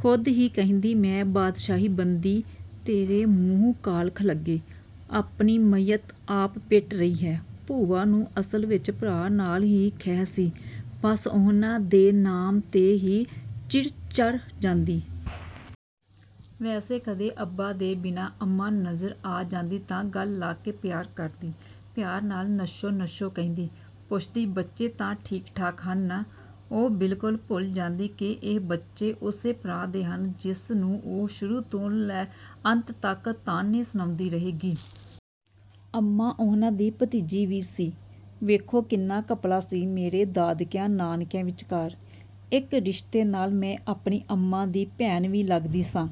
ਖ਼ੁਦ ਹੀ ਕਹਿੰਦੀ, ''ਐ ਬਾਦਸ਼ਾਹੀ ਬੰਦੀ, ਤੇਰੇ ਮੂੰਹ ਕਾਲਖ ਲੱਗੇ। ਆਪਣੀ ਮਈਅਤ ਆਪ ਪਿੱਟ ਰਹੀ ਹੈਂ।'' ਭੂਆ ਨੂੰ ਅਸਲ ਵਿੱਚ ਭਰਾ ਨਾਲ ਹੀ ਖਹਿ ਸੀ। ਬਸ ਉਨ੍ਹਾਂ ਦੇ ਨਾਂ 'ਤੇ ਹੀ ਚਿੜ-ਚੜ੍ਹ ਜਾਂਦੀ। ਵੈਸੇ ਕਦੇ ਅੱਬਾ ਦੇ ਬਿਨਾਂ ਅੰਮਾਂ ਨਜ਼ਰ ਆ ਜਾਂਦੀ ਤਾਂ ਗਲ ਲਾ ਕੇ ਪਿਆਰ ਕਰਦੀ। ਪਿਆਰ ਨਾਲ ''ਨੱਛੋ ਨੱਛੋ'' ਕਹਿੰਦੀ। ਪੁੱਛਦੀ, ''ਬੱਚੇ ਤਾਂ ਠੀਕ-ਠਾਕ ਹਨ ਨਾ?" ਉਹ ਬਿਲਕੁਲ ਭੁੱਲ ਜਾਂਦੀ ਕਿ, ਇਹ ਬੱਚੇ ਉਸੇ ਭਰਾ ਦੇ ਹਨ ਜਿਸ ਨੂੰ ਉਹ ਸ਼ੁਰੂ ਤੋਂ ਅੰਤ ਤੱਕ ਤਾਣੇ ਸੁਣਾਉਂਦੀ ਰਹੇਗੀ। ਅੰਮਾਂ ਉਨ੍ਹਾਂ ਦੀ ਭਤੀਜੀ ਵੀ ਸੀ - ਵੇਖੋ ਕਿੰਨਾ ਘਪਲਾ ਸੀ ਮੇਰੇ ਦਾਦਕਿਆਂ, ਨਾਨਕਿਆਂ ਵਿਚਕਾਰ! ਇੱਕ ਰਿਸ਼ਤੇ ਨਾਲ ਮੈਂ ਆਪਣੀ ਅੰਮਾਂ ਦੀ ਭੈਣ ਵੀ ਲੱਗਦੀ ਸਾਂ।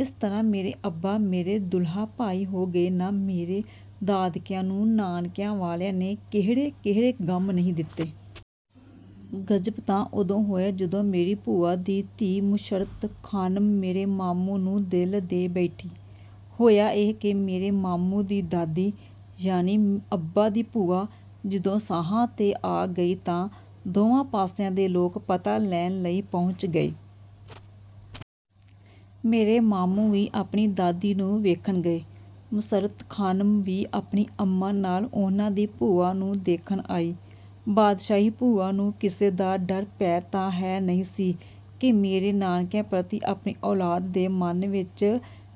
ਇਸ ਤਰ੍ਹਾਂ ਮੇਰੇ ਅੱਬਾ ਮੇਰੇ ਦੂਲਹਾ ਭਾਈ ਹੋ ਗਏ ਨਾ ਮੇਰੇ ਦਾਦਕਿਆਂ ਨੂੰ ਨਾਨਕਿਆਂ ਵਾਲਿਆਂ ਨੇ ਕਿਹੜੇ-ਕਿਹੜੇ ਗ਼ਮ ਨਹੀਂ ਦਿੱਤੇ। ਗ਼ਜ਼ਬ ਤਾਂ ਉਦੋਂ ਹੋਇਆ ਜਦੋਂ ਮੇਰੀ ਭੂਆ ਦੀ ਧੀ ਮੁਸੱਰਤ ਖ਼ਾਨਮ ਮੇਰੇ ਮਾਮੂ ਨੂੰ ਦਿਲ ਦੇ ਬੈਠੀ। ਹੋਇਆ ਇਹ ਕਿ ਮੇਰੇ ਮਾਮੂ ਦੀ ਦਾਦੀ, ਯਾਨੀ ਅੱਬਾ ਦੀ ਭੂਆ ਜਦੋਂ ਸਾਹਾਂ 'ਤੇ ਆ ਗਈ ਤਾਂ ਦੋਵਾਂ ਪਾਸਿਆਂ ਦੇ ਲੋਕ ਪਤਾ ਲੈਣ ਲਈ ਪਹੁੰਚ ਗਏ। ਮੇਰੇ ਮਾਮੂ ਵੀ ਆਪਣੀ ਦਾਦੀ ਨੂੰ ਦੇਖਣ ਗਏ। ਮੁਸੱਰਤ ਖ਼ਾਨਮ ਵੀ ਆਪਣੀ ਅੰਮਾਂ ਨਾਲ ਉਨ੍ਹਾਂ ਦੀ ਭੂਆ ਨੂੰ ਦੇਖਣ ਆਈ। ਬਾਦਸ਼ਾਹੀ ਭੂਆ ਨੂੰ ਕਿਸੇ ਦਾ ਡਰ-ਭੈਅ ਤਾਂ ਹੈ ਨਹੀਂ ਸੀ ਕਿ ਮੇਰੇ ਨਾਨਕਿਆਂ ਪ੍ਰਤੀ ਆਪਣੀ ਔਲਾਦ ਦੇ ਮਨ ਵਿੱਚ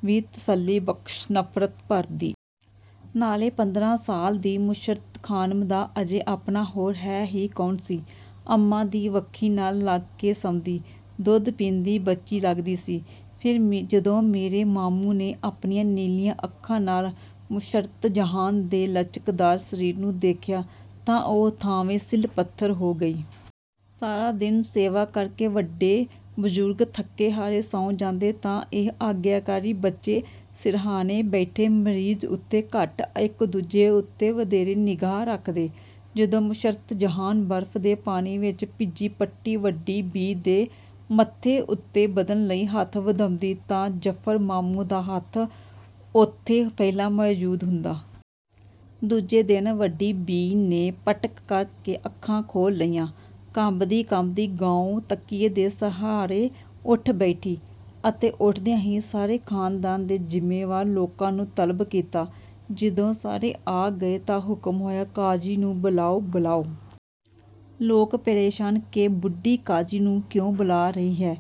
ਵੀ ਤਸੱਲੀਬਖ਼ਸ਼ ਨਫ਼ਰਤ ਭਰਦੀ। ਨਾਲੇ ਪੰਦਰਾਂ ਸਾਲ ਦੀ ਮੁਸੱਰਤ ਖ਼ਾਨਮ ਦਾ ਅਜੇ ਆਪਣਾ ਹੋਰ ਹੈ ਹੀ ਕੌਣ ਸੀ। ਅੰਮਾਂ ਦੀ ਵੱਖੀ ਨਾਲ ਲੱਗ ਕੇ ਸੌਂਦੀ, ਦੁੱਧ ਪੀਂਦੀ ਬੱਚੀ ਲੱਗਦੀ ਸੀ। ਫਿਰ ਜਦੋਂ ਮੇਰੇ ਮਾਮੂ ਨੇ ਆਪਣੀਆਂ ਨੀਲੀਆਂ ਅੱਖਾਂ ਨਾਲ ਮੁਸੱਰਤ ਜਹਾਂ ਦੇ ਲਚਕਦਾਰ ਸਰੀਰ ਨੂੰ ਦੇਖਿਆ ਤਾਂ ਉਹ ਥਾਂਵੇਂ ਸਿਲ-ਪੱਥਰ ਹੋ ਗਈ। ਸਾਰਾ ਦਿਨ ਸੇਵਾ ਕਰ ਕੇ ਵੱਡੇ ਬਜ਼ੁਰਗ ਥੱਕੇ-ਹਾਰੇ ਸੌਂ ਜਾਂਦੇ ਤਾਂ ਇਹ ਆਗਿਆਕਾਰੀ ਬੱਚੇ ਸਿਰਹਾਣੇ ਬੈਠੇ, ਮਰੀਜ਼ ਉੱਤੇ ਘੱਟ, ਇੱਕ-ਦੂਜੇ ਉੱਤੇ ਵਧੇਰੇ ਨਿਗਾਹ ਰੱਖਦੇ। ਜਦੋਂ ਮੁਸੱਰਤ ਜਹਾਂ ਬਰਫ਼ ਦੇ ਪਾਣੀ ਵਿੱਚ ਭਿੱਜੀ ਪੱਟੀ ਵੱਡੀ ਬੀ ਦੇ ਮੱਥੇ ਉੱਤੇ ਬਦਲਣ ਲਈ ਹੱਥ ਵਧਾਉਂਦੀ ਤਾਂ ਜਫ਼ਰ ਮਾਮੂ ਦਾ ਹੱਥ ਉੱਥੇ ਪਹਿਲਾਂ ਮੌਜੂਦ ਹੁੰਦਾ। ਦੂਜੇ ਦਿਨ ਵੱਡੀ ਬੀ ਨੇ ਪਟਕ ਕਰ ਕੇ ਅੱਖਾਂ ਖੋਲ੍ਹ ਲਈਆਂ। ਕੰਬਦੀ-ਕੰਬਦੀ ਗਾਉ ਤਕੀਏ ਦੇ ਸਹਾਰੇ ਉੱਠ ਬੈਠੀ ਅਤੇ ਉੱਠਦਿਆਂ ਹੀ ਸਾਰੇ ਖ਼ਾਨਦਾਨ ਦੇ ਜ਼ਿੰਮੇਵਾਰ ਲੋਕਾਂ ਨੂੰ ਤਲਬ ਕੀਤਾ। ਜਦੋਂ ਸਾਰੇ ਆ ਗਏ ਤਾਂ ਹੁਕਮ ਹੋਇਆ, ''ਕਾਜ਼ੀ ਨੂੰ ਬੁਲਾਓ''ਬੁਲਾਓ।" ਲੋਕ ਪਰੇਸ਼ਾਨ ਕਿ ਬੁੱਢੀ ਕਾਜ਼ੀ ਨੂੰ ਕਿਉਂ ਬੁਲਾ ਰਹੀ ਹੈ।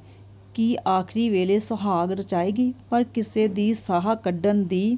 ਕੀ ਆਖ਼ਰੀ ਵੇਲੇ ਸੁਹਾਗ ਰਚਾਏਗੀ? ਪਰ ਕਿਸੇ ਦੀ ਸਾਹ ਕੱਢਣ ਦੀ